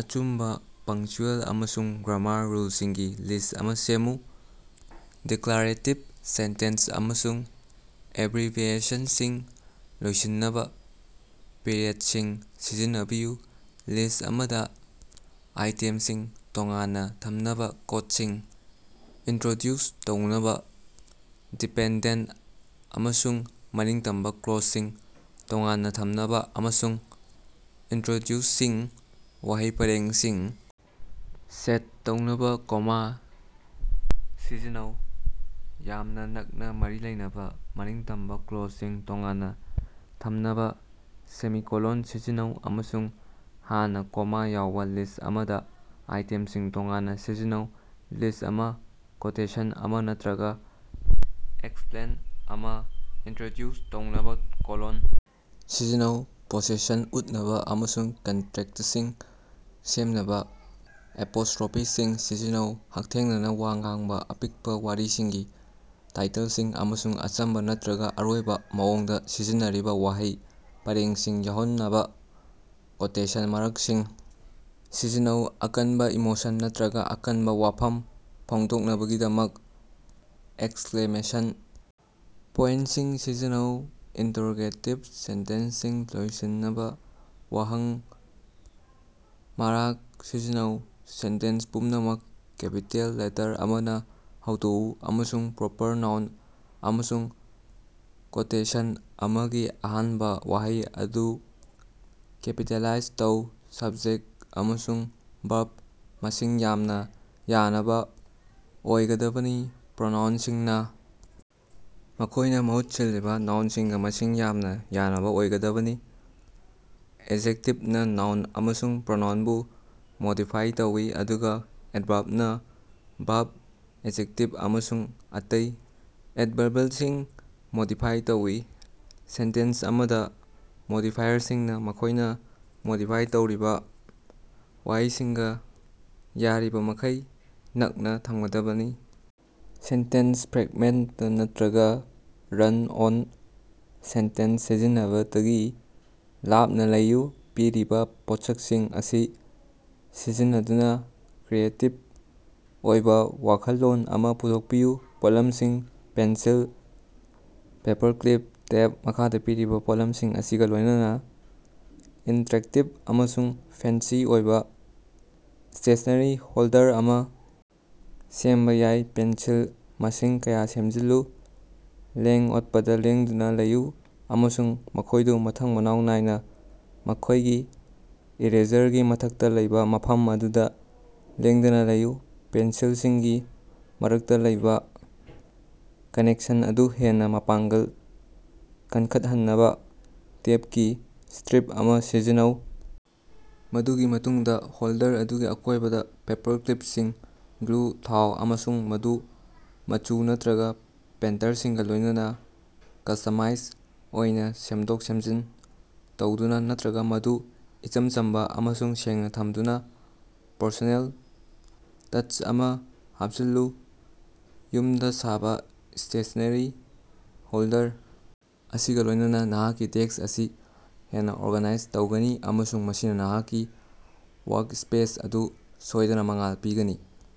ꯑꯆꯨꯝꯕ ꯄꯪꯆ꯭ꯌꯨꯑꯦꯜ ꯑꯃꯁꯨꯡ grammar ꯔꯨꯜꯁꯤꯡꯒꯤ list ꯑꯃ ꯁꯦꯝꯃꯨ꯫ ꯗꯤꯀ꯭ꯂꯥꯔꯦꯇꯤꯚ ꯁꯦꯟꯇꯦꯟꯁ ꯑꯃꯁꯨꯡ ꯑꯦꯕ꯭ꯔꯤꯕꯤꯌꯦꯁꯟꯁꯤꯡ ꯂꯣꯏꯁꯤꯟꯅꯕ ꯄꯤꯔꯤꯌꯦꯗꯁꯤꯡ ꯁꯤꯖꯤꯟꯅꯕꯤꯌꯨ꯫ ꯂꯤꯁꯠ ꯑꯃꯗ ꯑꯥꯏꯇꯦꯝꯁꯤꯡ ꯇꯣꯉꯥꯟꯅ ꯊꯝꯅꯕ, ꯀꯣꯠꯁꯤꯡ ꯏꯟꯇ꯭ꯔꯣꯗ꯭ꯌꯨꯁ ꯇꯧꯅꯕ, ꯗꯤꯄꯦꯟꯗꯦꯟꯇ ꯑꯃꯁꯨꯡ ꯃꯅꯤꯡꯇꯝꯕ ꯀ꯭ꯂꯣꯖꯁꯤꯡ ꯇꯣꯉꯥꯟꯅ ꯊꯝꯅꯕ ꯑꯃꯁꯨꯡ ꯏꯟꯇ꯭ꯔꯣꯗ꯭ꯌꯨꯁꯤꯡ ꯋꯥꯍꯩ ꯄꯔꯦꯡꯁꯤꯡ ꯁꯦꯠ ꯇꯧꯅꯕ ꯀꯣꯃꯥ ꯁꯤꯖꯤꯟꯅꯧ꯫ ꯌꯥꯝꯅ ꯅꯛꯅ ꯃꯔꯤ ꯂꯩꯅꯕ ꯃꯅꯤꯡꯇꯝꯕ ꯀ꯭ꯂꯣꯖꯁꯤꯡ ꯇꯣꯉꯥꯟꯅ ꯊꯝꯅꯕ ꯁꯦꯃꯤꯀꯣꯂꯟ ꯁꯤꯖꯤꯟꯅꯧ ꯑꯃꯁꯨꯡ ꯍꯥꯟꯅꯅ ꯀꯣꯃꯥ ꯌꯥꯎꯕ ꯂꯤꯁꯠ ꯑꯃꯗ ꯑꯥꯏꯇꯦꯝꯁꯤꯡ ꯇꯣꯉꯥꯟꯅ ꯁꯤꯖꯤꯟꯅꯧ꯫ ꯂꯤꯁꯠ ꯑꯃ, ꯀꯣꯇꯦꯁꯟ ꯑꯃ ꯅꯠꯇ꯭ꯔꯒ ꯑꯦꯛꯁꯄ꯭ꯂꯦꯟ ꯑꯃ ꯏꯟꯇ꯭ꯔꯣꯗ꯭ꯌꯨꯁ ꯇꯧꯅꯕ ꯀꯣꯂꯣꯟ ꯁꯤꯖꯤꯟꯅꯧ꯫ ꯄꯣꯁꯦꯁꯟ ꯎꯠꯅꯕ ꯑꯃꯁꯨꯡ ꯀꯟꯇ꯭ꯔꯦꯛꯇꯁꯤꯡ ꯁꯦꯝꯅꯕ ꯑꯦꯄꯣꯁꯇ꯭ꯔꯣꯐꯤꯁꯤꯡ ꯁꯤꯖꯤꯟꯅꯧ꯫ ꯍꯛꯊꯦꯡꯅꯅ ꯋꯥ ꯉꯥꯡꯕ, ꯑꯄꯤꯛꯄ ꯋꯥꯔꯤꯁꯤꯡꯒꯤ ꯇꯥꯏꯇꯜꯁꯤꯡ, ꯑꯃꯁꯨꯡ ꯑꯆꯝꯕ ꯅꯠꯇ꯭ꯔꯒ ꯑꯔꯣꯏꯕ ꯃꯑꯣꯡꯗ ꯁꯤꯖꯤꯟꯅꯔꯤꯕ ꯋꯥꯍꯩ ꯄꯔꯦꯡꯁꯤꯡ ꯌꯥꯎꯍꯟꯅꯕ ꯀꯣꯇꯦꯁꯟ ꯃꯥꯔꯛꯁꯤꯡ ꯁꯤꯖꯤꯟꯅꯧ꯫ ꯑꯀꯟꯕ ꯏꯃꯣꯁꯟ ꯅꯠꯇ꯭ꯔꯒ ꯑꯀꯟꯕ ꯋꯥꯐꯝ ꯐꯣꯡꯗꯣꯛꯅꯕꯒꯤꯗꯃꯛ ꯑꯦꯛꯁꯀ꯭ꯂꯦꯃꯦꯁꯟ ꯄꯣꯏꯟꯇꯁꯤꯡ ꯁꯤꯖꯤꯟꯅꯧ꯫ ꯏꯟꯇꯔꯔꯣꯒꯦꯇꯤꯚ ꯁꯦꯟꯇꯦꯟꯁꯁꯤꯡ ꯂꯣꯏꯁꯤꯟꯅꯕ ꯋꯥꯍꯪ ꯃꯥꯔꯛ ꯁꯤꯖꯤꯟꯅꯧ꯫ ꯁꯦꯟꯇꯦꯟꯁ ꯄꯨꯝꯅꯃꯛ ꯀꯦꯄꯤꯇꯦꯜ ꯂꯦꯇꯔ ꯑꯃꯅ ꯍꯧꯗꯣꯛꯎ, ꯑꯃꯁꯨꯡ ꯄ꯭ꯔꯣꯄꯔ ꯅꯥꯎꯟ ꯑꯃꯁꯨꯡ ꯀꯣꯇꯦꯁꯟ ꯑꯃꯒꯤ ꯑꯍꯥꯟꯕ ꯋꯥꯍꯩ ꯑꯗꯨ ꯀꯦꯄꯤꯇꯦꯂꯥꯏꯖ ꯇꯧ꯫ ꯁꯕꯖꯦꯛꯇ ꯑꯃꯁꯨꯡ ꯚꯔꯕ ꯃꯁꯤꯡ ꯌꯥꯝꯅ ꯌꯥꯅꯕ ꯑꯣꯏꯒꯗꯕꯅꯤ꯫ ꯄ꯭ꯔꯣꯅꯥꯎꯟꯁꯤꯡꯅ ꯃꯈꯣꯏꯅ ꯃꯍꯨꯠ ꯁꯤꯜꯂꯤꯕ ꯅꯥꯎꯟꯁꯤꯡꯒ ꯃꯁꯤꯡ ꯌꯥꯝꯅ ꯌꯥꯅꯕ ꯑꯣꯏꯒꯗꯕꯅꯤ꯫ ꯑꯦꯖꯦꯛꯇꯤꯚꯅ ꯅꯥꯎꯟ ꯑꯃꯁꯨꯡ ꯄ꯭ꯔꯣꯅꯥꯎꯟꯕꯨ ꯃꯣꯗꯤꯐꯥꯏ ꯇꯧꯏ ꯑꯗꯨꯒ ꯑꯦꯗꯚꯔꯕꯅ ꯚꯔꯕ, ꯑꯦꯖꯦꯛꯇꯤꯚ ꯑꯃꯁꯨꯡ ꯑꯇꯩ ꯑꯦꯗꯚꯔꯕꯜꯁꯤꯡ ꯃꯣꯗꯤꯐꯥꯏ ꯇꯧꯏ꯫ ꯁꯦꯟꯇꯦꯟꯁ ꯑꯃꯗ ꯃꯣꯗꯤꯐꯥꯏꯌꯔꯁꯤꯡꯅ ꯃꯈꯣꯏꯅ ꯃꯣꯗꯤꯐꯥꯏ ꯇꯧꯔꯤꯕ ꯋꯥꯍꯩꯁꯤꯡꯒ ꯌꯥꯔꯤꯕꯃꯈꯩ ꯅꯛꯅ ꯊꯝꯒꯗꯕꯅꯤ꯫ ꯁꯦꯟꯇꯦꯟꯁ ꯐ꯭ꯔꯦꯛꯃꯦꯟꯇ ꯅꯠꯇ꯭ꯔꯒ ꯔꯟ-ꯑꯣꯟ ꯁꯦꯟꯇꯦꯟꯁ ꯁꯤꯖꯤꯟꯅꯕꯗꯒꯤ ꯂꯥꯞꯅ ꯂꯩꯌꯨ꯫ ꯄꯤꯔꯤꯕ ꯄꯣꯠꯁꯛꯁꯤꯡ ꯑꯁꯤ ꯁꯤꯖꯤꯟꯅꯗꯨꯅ ꯀ꯭ꯔꯤꯌꯦꯇꯤꯐ ꯑꯣꯏꯕ ꯋꯥꯈꯜꯂꯣꯟ ꯑꯃ ꯄꯨꯊꯣꯛꯄꯤꯌꯨ꯫ ꯄꯣꯠꯂꯝꯁꯤꯡ: ꯄꯦꯟꯁꯤꯜ, ꯄꯦꯄꯔꯀ꯭ꯂꯤꯞ, ꯇꯦꯞ꯫ ꯃꯈꯥꯗ ꯄꯤꯔꯤꯕ ꯄꯣꯠꯂꯝꯁꯤꯡ ꯑꯁꯤꯒ ꯂꯣꯏꯅꯅ ꯏꯟꯇꯔꯦꯛꯇꯤꯚ ꯑꯃꯁꯨꯡ ꯐꯦꯟꯁꯤ ꯑꯣꯏꯕ ꯁ꯭ꯇꯦꯁꯅꯦꯔꯤ ꯍꯣꯜꯗꯔ ꯑꯃ ꯁꯦꯝꯕ ꯌꯥꯏ꯫ ꯄꯦꯟꯁꯤꯜ ꯃꯁꯤꯡ ꯀꯌꯥ ꯁꯦꯝꯖꯤꯜꯂꯨ, ꯂꯦꯡ-ꯑꯣꯠꯄꯗ ꯂꯦꯡꯗꯅ ꯂꯩꯌꯨ ꯑꯃꯁꯨꯡ ꯃꯈꯣꯏꯗꯨ ꯃꯊꯪ-ꯃꯅꯥꯎ ꯅꯥꯏꯅ ꯃꯈꯣꯏꯒꯤ ꯏꯔꯦꯖꯔꯒꯤ ꯃꯊꯛꯇ ꯂꯩꯕ ꯃꯐꯝ ꯑꯗꯨꯗ ꯂꯦꯡꯗꯅ ꯂꯩꯌꯨ꯫ ꯄꯦꯟꯁꯤꯜꯁꯤꯡꯒꯤ ꯃꯔꯛꯇ ꯂꯩꯕ ꯀꯅꯦꯛꯁꯟ ꯑꯗꯨ ꯍꯦꯟꯅ ꯃꯄꯥꯡꯒꯜ ꯀꯟꯈꯠꯍꯟꯅꯕ ꯇꯦꯞꯀꯤ ꯁ꯭ꯇꯔꯤꯞ ꯑꯃ ꯁꯤꯖꯤꯟꯅꯧ꯫ ꯃꯗꯨꯒꯤ ꯃꯇꯨꯡꯗ ꯍꯣꯜꯗꯔ ꯑꯗꯨꯒꯤ ꯑꯀꯣꯏꯕꯗ ꯄꯦꯄꯔꯀ꯭ꯂꯤꯄꯁꯤꯡ ꯒ꯭ꯂꯨ ꯊꯥꯎ ꯑꯃꯁꯨꯡ ꯃꯗꯨ ꯃꯆꯨ ꯅꯠꯇ꯭ꯔꯒ ꯄꯦꯇꯔꯟꯁꯤꯡꯒ ꯂꯣꯏꯅꯅ ꯀꯁꯇꯃꯥꯏꯁ ꯑꯣꯏꯅ ꯁꯦꯝꯗꯣꯛ-ꯁꯦꯝꯖꯤꯟ ꯇꯧꯗꯨꯅ, ꯅꯠꯇ꯭ꯔꯒ ꯃꯗꯨ ꯏꯆꯝ ꯆꯝꯕ ꯑꯃꯁꯨꯡ ꯁꯦꯡꯅ ꯊꯝꯗꯨꯅ ꯄꯔꯁꯣꯅꯦꯜ ꯇꯆ ꯑꯃ ꯍꯥꯞꯆꯤꯜꯂꯨ꯫ ꯌꯨꯝꯗ ꯁꯥꯕ ꯁ꯭ꯇꯦꯁꯅꯦꯔꯤ ꯍꯣꯜꯗꯔ ꯑꯁꯤꯒ ꯂꯣꯏꯅꯅ ꯅꯍꯥꯛꯀꯤ ꯗꯦꯁ꯭ꯛ ꯑꯁꯤ ꯍꯦꯟꯅ ꯑꯣꯔꯒꯅꯥꯏꯖ ꯇꯧꯒꯅꯤ, ꯑꯃꯁꯨꯡ ꯃꯁꯤꯅ ꯅꯍꯥꯛꯀꯤ ꯋꯥꯔꯛ-ꯁ꯭ꯄꯦꯁ ꯑꯗꯨ ꯁꯣꯏꯗꯅ ꯃꯉꯥꯜ ꯄꯤꯒꯅꯤ꯫